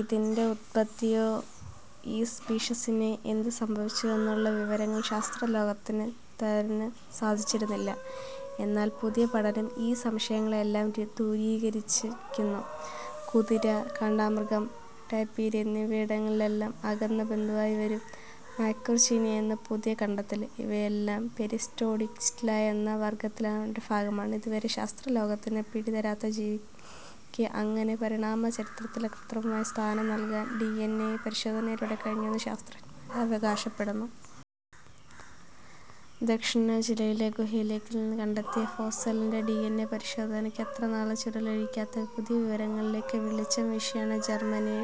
ഇതിന്റെ ഉത്പത്തിയോ ഈ സ്പീഷിസിന് പിന്നെ എന്ത് സംഭവിച്ചെന്നോ എന്നുള്ള വിവരങ്ങള് ശാസ്ത്രലോകത്തിന് തരാന് സാധിച്ചിരുന്നില്ല. എന്നാല് പുതിയ പഠനം ഈ സംശയങ്ങളെല്ലാം ദൂരീകരിക്കുന്നു. കുതിര, കണ്ടാമൃഗം, ടാപിര് എന്നിവയുടെയെല്ലാം അകന്ന ബന്ധുവായി വരും മക്രോചേനിയ എന്നാണ് പുതിയ കണ്ടെത്തല്. ഇവയെല്ലാം പെരിസ്സോഡാക്റ്റില എന്ന വര്ഗ്ഗത്തിന്റെ ഭാഗമാണ്. ഇതുവരെ ശാസ്ത്ര ലോകത്തിന് പിടി തരാതിരുന്ന ജീവിക്ക് അങ്ങനെ പരിണാമ ചരിത്രത്തില് കൃത്യമായ സ്ഥാനം നല്കാന് ഡിഎന്എ പരിശോധനയിലൂടെ കഴിഞ്ഞെന്ന് ശാസ്ത്രജ്ഞര് അവകാശപ്പെടുന്നു. ദക്ഷിണ ചിലിയിലെ ഗുഹയില് നിന്ന് കണ്ടെത്തിയ ഫോസിലിന്റെ ഡിഎന്എ പരിശോധനയാണ് ഇത്ര നാളും ചുരുളഴിയാതിരുന്ന പുതിയ വിവരങ്ങളിലേക്ക് വെളിച്ചം വീശിയത്. ജര്മ്മനി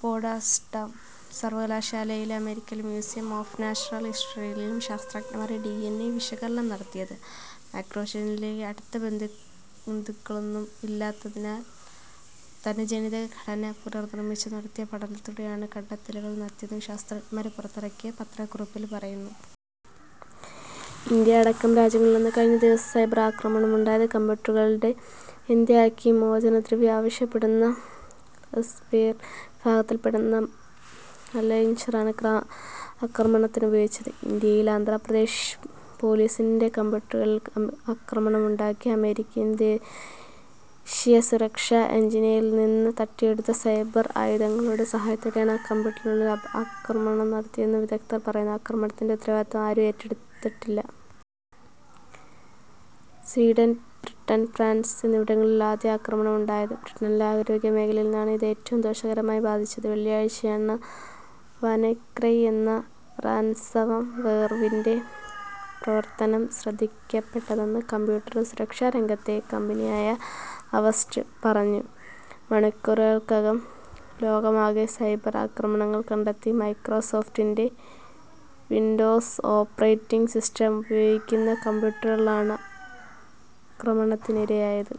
പോട്സ്ഡാം സര്വ്വകലാശാലയിലെയും അമേരിക്കന് മ്യൂസിയം ഓഫ് നാച്ചറല് ഹിസ്റ്ററിയിലെയും ശാസത്രജ്ഞരാണ് ഡിഎന്എ വിശകലനം നടത്തിയത്. മക്രോചേനിയയ്ക്ക് അടുത്ത ബന്ധുക്കളൊന്നും ഇല്ലാത്തിനാല് തന്നെ ജനിതക ഘടന പുനര്നിര്മ്മിച്ച് നടത്തിയ പഠനത്തിലൂടെയാണ് കണ്ടെത്തലുകള് നടത്തിയതെന്നും ശാസ്ത്രജ്ഞര് പുറത്തിറക്കിയ പത്രക്കുറിപ്പില് പറയുന്നു. ഇന്ത്യയടക്കം രാജ്യങ്ങളിലാണ് കഴിഞ്ഞ ദിവസം സൈബര് ആക്രമണമുണ്ടായത്. കംപ്യൂട്ടറുകളെ ബന്ദിയാക്കി മോചനദ്രവ്യം ആവശ്യപ്പെടുന്ന റാന്സംവേര് വിഭാഗത്തില്പ്പെടുന്ന മാല്വേറാണ് ആക്രമണത്തിനുപയോഗിച്ചത്. ഇന്ത്യയില് ആന്ധ്രാപ്രദേശ് പോലീസിന്റെ കംപ്യൂട്ടറുകളില് ആക്രമണമുണ്ടായി. അമേരിക്കന് ദേശീയസുരക്ഷാ ഏജന്സിയില് നിന്ന് തട്ടിയെടുത്ത 'സൈബര് ആയുധങ്ങളു'ടെ സഹായത്തോടെയാണ് കംപ്യൂട്ടറുകളില് ആക്രമണം നടത്തിയതെന്ന് വിദഗ്ധര് പറഞ്ഞു. ആക്രമണത്തിന്റെ ഉത്തരവാദിത്വം ആരും ഏറ്റിട്ടില്ല. സ്വീഡന്, ബ്രിട്ടന്, ഫ്രാന്സ് എന്നിവിടങ്ങളിലാണ് ആദ്യം ആക്രമണമുണ്ടായത്. ബ്രിട്ടനിലെ ആരോഗ്യമേഖലയെയാണ് ഇത് ഏറ്റവും ദോഷകരമായി ബാധിച്ചത്. വെള്ളിയാഴ്ചയാണ് 'വാനാക്രൈ' എന്ന റാന്സംവേറിന്റെ പ്രവര്ത്തനം ശ്രദ്ധയില്പ്പെട്ടതെന്ന് കമ്പ്യൂട്ടര് സുരക്ഷാരംഗത്തെ കമ്പനിയായ അവാസ്റ്റ് പറഞ്ഞു. മണിക്കൂറുകള്ക്കകം ലോകമാകെ സൈബര് ആക്രമണങ്ങള് കണ്ടെത്തി. മൈക്രോസോഫ്റ്റിന്റെ വിന്ഡോസ് ഓപ്പറേറ്റിങ് സിസ്റ്റം ഉപയോഗിക്കുന്ന കംപ്യൂട്ടറുകളാണ് ആക്രമണത്തിനിരയായത്.